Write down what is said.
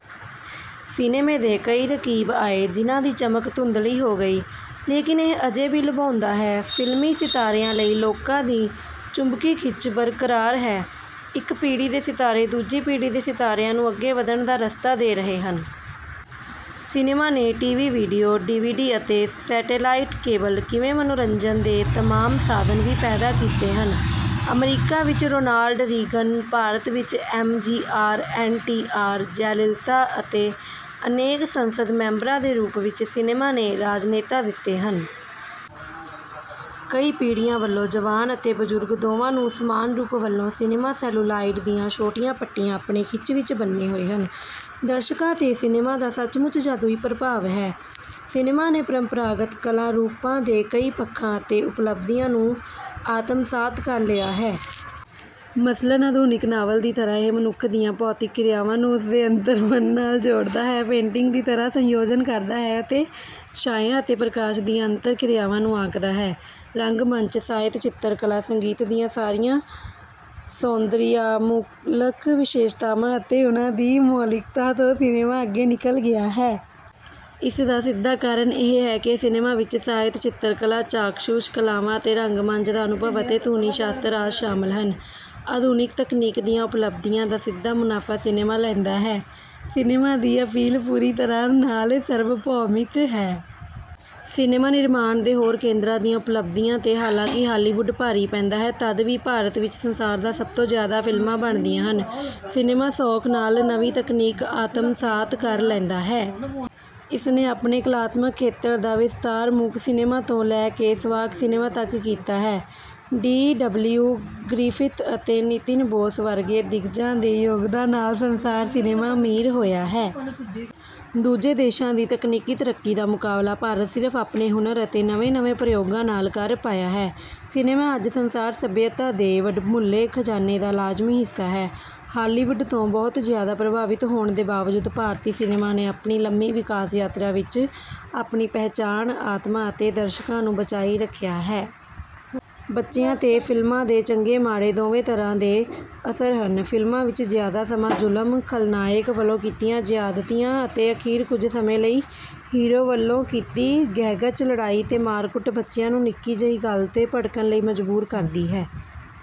ਸਿਨੇਮੇ ਦੇ ਕਈ ਰਕੀਬ ਆਏ ਜਿਨ੍ਹਾਂ ਦੀ ਚਮਕ ਧੁੰਦਲੀ ਹੋ ਗਈ। ਲੇਕਿਨ ਇਹ ਅਜੇ ਵੀ ਲੁਭਾਉਂਦਾ ਹੈ। ਫਿਲਮੀ ਸਿਤਾਰਿਆਂ ਲਈ ਲੋਕਾਂ ਦੀ ਚੁੰਬਕੀ ਖਿੱਚ ਬਰਕਰਾਰ ਹੈ। ਇੱਕ ਪੀੜ੍ਹੀ ਦੇ ਸਿਤਾਰੇ ਦੂਜੀ ਪੀੜ੍ਹੀ ਦੇ ਸਿਤਾਰਿਆਂ ਨੂੰ ਅੱਗੇ ਵਧਣ ਦਾ ਰਸਤਾ ਦੇ ਰਹੇ ਹਨ। ਸਿਨੇਮਾ ਨੇ T. V., video, D. V. D. ਅਤੇ ਸੈਟੇਲਾਈਟ, ਕੇਬਲ ਕਿਵੇਂ ਮਨੋਰੰਜਨ ਦੇ ਤਮਾਮ ਸਾਧਨ ਵੀ ਪੈਦਾ ਕੀਤੇ ਹਨ। ਅਮਰੀਕਾ ਵਿੱਚ ਰੋਨਾਲਡ ਰੀਗਨ, ਭਾਰਤ ਵਿੱਚ M. G. R., N. T. R., Jayalalithaa ਅਤੇ ਅਨੇਕ ਸੰਸਦ ਮੈਂਬਰਾਂ ਦੇ ਰੂਪ ਵਿੱਚ ਸਿਨੇਮਾ ਨੇ ਰਾਜਨੇਤਾ ਦਿੱਤੇ ਹਨ। ਕਈ ਪੀੜ੍ਹੀਆਂ ਵੱਲੋਂ, ਜਵਾਨ ਅਤੇ ਬਜ਼ੁਰਗ, ਦੋਵਾਂ ਨੂੰ ਸਮਾਨ ਰੂਪ ਵੱਲੋਂ ਸਿਨੇਮਾ ਸੈਲੂਲਾਇਡ ਦੀਆਂ ਛੋਟੀਆਂ ਪੱਟੀਆਂ ਆਪਣੇ ਖਿੱਚ ਵਿੱਚ ਬੰਨ੍ਹੇ ਹੋਏ ਹਨ। ਦਰਸ਼ਕਾਂ 'ਤੇ ਸਿਨੇਮਾ ਦਾ ਸੱਚਮੁੱਚ ਜਾਦੂਈ ਪ੍ਰਭਾਵ ਹੈ। ਸਿਨੇਮਾ ਨੇ ਪਰੰਪਰਾਗਤ ਕਲਾ ਰੂਪਾਂ ਦੇ ਕਈ ਪੱਖਾਂ ਅਤੇ ਉਪਲੱਬਧੀਆਂ ਨੂੰ ਆਤਮਸਾਤ ਕਰ ਲਿਆ ਹੈ। ਮਸਲਨ ਆਧੁਨਿਕ ਨਾਵਲ ਦੀ ਤਰ੍ਹਾਂ ਇਹ ਮਨੁੱਖ ਦੀਆਂ ਭੌਤਿਕ ਕਿਰਿਆਵਾਂ ਨੂੰ ਉਸ ਦੇ ਅੰਤਰਮਨ ਨਾਲ ਜੋੜਦਾ ਹੈ, ਪੇਂਟਿੰਗ ਦੀ ਤਰ੍ਹਾਂ ਸੰਯੋਜਨ ਕਰਦਾ ਹੈ ਅਤੇ ਛਾਇਆ ਅਤੇ ਪ੍ਰਕਾਸ਼ ਦੀਆਂ ਅੰਤਰ-ਕਿਰਿਆਵਾਂ ਨੂੰ ਆਂਕਦਾ ਹੈ। ਰੰਗ-ਮੰਚ, ਸਾਹਿਤ, ਚਿੱਤਰਕਲਾ, ਸੰਗੀਤ ਦੀਆਂ ਸਾਰੀਆਂ ਸੌਂਦਰਿਆਮੂਲਕ ਵਿਸ਼ੇਸ਼ਤਾਵਾਂ ਅਤੇ ਉਨ੍ਹਾਂ ਦੀ ਮੌਲਿਕਤਾ ਤੋਂ ਸਿਨੇਮਾ ਅੱਗੇ ਨਿਕਲ ਗਿਆ ਹੈ। ਇਸ ਦਾ ਸਿੱਧਾ ਕਾਰਨ ਇਹ ਹੈ ਕਿ ਸਿਨੇਮਾ ਵਿੱਚ ਸਾਹਿਤ, ਚਿੱਤਰਕਲਾ, ਚਾਕਸ਼ੁਸ਼ ਕਲਾਵਾਂ ਅਤੇ ਰੰਗ-ਮੰਚ ਦਾ ਅਨੁਭਵ, ਅਤੇ ਧੁਨੀ-ਸ਼ਾਸਤਰ ਆਦਿ ਸ਼ਾਮਿਲ ਹਨ। ਆਧੁਨਿਕ ਤਕਨੀਕ ਦੀਆਂ ਉਪਲੱਬਧੀਆਂ ਦਾ ਸਿੱਧਾ ਮੁਨਾਫ਼ਾ ਸਿਨੇਮਾ ਲੈਂਦਾ ਹੈ। ਸਿਨੇਮਾ ਦੀ ਅਪੀਲ ਪੂਰੀ ਤਰ੍ਹਾਂ ਨਾਲ ਸਰਵਭੌਮਿਕ ਹੈ। ਸਿਨੇਮਾ ਨਿਰਮਾਣ ਦੇ ਹੋਰ ਕੇਂਦਰਾਂ ਦੀਆਂ ਉਪਲੱਬਧੀਆਂ 'ਤੇ ਹਾਲਾਂਕਿ ਹਾਲੀਵੁਡ ਭਾਰੀ ਪੈਂਦਾ ਹੈ, ਤਦ ਵੀ ਭਾਰਤ ਵਿੱਚ ਸੰਸਾਰ ਵਿੱਚ ਸਭ ਤੋਂ ਜ਼ਿਆਦਾ ਫਿਲਮਾਂ ਬਣਦੀਆਂ ਹਨ। ਸਿਨੇਮਾ ਸੌਖ ਨਾਲ ਨਵੀਂ ਤਕਨੀਕ ਆਤਮਸਾਤ ਕਰ ਲੈਂਦਾ ਹੈ। ਇਸ ਨੇ ਆਪਣੇ ਕਲਾਤਮਕ ਖੇਤਰ ਦਾ ਵਿਸਥਾਰ ਮੂਕ ਸਿਨੇਮਾ ਤੋਂ ਲੈ ਕੇ ਸਵਾਕ ਸਿਨੇਮਾ ਤੱਕ ਕੀਤਾ ਹੈ। ਡੀ. ਡਬਲਿਊ. ਗਰਿਫਿਥ ਅਤੇ ਨਿਤਿਨ ਬੋਸ ਵਰਗੇ ਦਿੱਗਜਾਂ ਦੇ ਯੋਗਦਾਨ ਨਾਲ ਸੰਸਾਰ ਸਿਨੇਮਾ ਅਮੀਰ ਹੋਇਆ ਹੈ। ਦੂਜੇ ਦੇਸ਼ਾਂ ਦੀ ਤਕਨੀਕੀ ਤਰੱਕੀ ਦਾ ਮੁਕਾਬਲਾ ਭਾਰਤ ਸਿਰਫ ਆਪਣੇ ਹੁਨਰ ਅਤੇ ਨਵੇਂ-ਨਵੇਂ ਪ੍ਰਯੋਗਾਂ ਨਾਲ ਕਰ ਪਾਇਆ ਹੈ। ਸਿਨੇਮਾ ਅੱਜ ਸੰਸਾਰ ਸਭਿਅਤਾ ਦੇ ਵਡਮੁੱਲੇ ਖਜ਼ਾਨੇ ਦਾ ਲਾਜ਼ਮੀ ਹਿੱਸਾ ਹੈ। ਹਾਲੀਵੁਡ ਤੋਂ ਬਹੁਤ ਜ਼ਿਆਦਾ ਪ੍ਰਭਾਵਿਤ ਹੋਣ ਦੇ ਬਾਵਜੂਦ ਭਾਰਤੀ ਸਿਨੇਮਾ ਨੇ ਆਪਣੀ ਲੰਮੀ ਵਿਕਾਸ ਯਾਤਰਾ ਵਿੱਚ ਆਪਣੀ ਪਹਿਚਾਣ, ਆਤਮਾ ਅਤੇ ਦਰਸ਼ਕਾਂ ਨੂੰ ਬਚਾਈ ਰੱਖਿਆ ਹੈ। ਬੱਚਿਆਂ 'ਤੇ ਫਿਲਮਾਂ ਦੇ ਚੰਗੇ-ਮਾੜੇ ਦੋਵੇਂ ਤਰ੍ਹਾਂ ਦੇ ਅਸਰ ਹਨ। ਫ਼ਿਲਮਾਂ ਵਿੱਚ ਜ਼ਿਆਦਾ ਸਮਾਂ ਜ਼ੁਲਮ, ਖਲਨਾਇਕ ਵੱਲੋਂ ਕੀਤੀਆਂ ਜ਼ਿਆਦਤੀਆਂ ਅਤੇ ਅਖੀਰ ਕੁਝ ਸਮੇਂ ਲਈ ਹੀਰੋ ਵੱਲੋਂ ਕੀਤੀ ਗਹਿਗੱਚ ਲੜਾਈ ਤੇ ਮਾਰ-ਕੁੱਟ ਬੱਚਿਆਂ ਨੂੰ ਨਿੱਕੀ ਜਿਹੀ ਗੱਲ 'ਤੇ ਭੜਕਣ ਲਈ ਮਜਬੂਰ ਕਰਦੀ ਹੈ।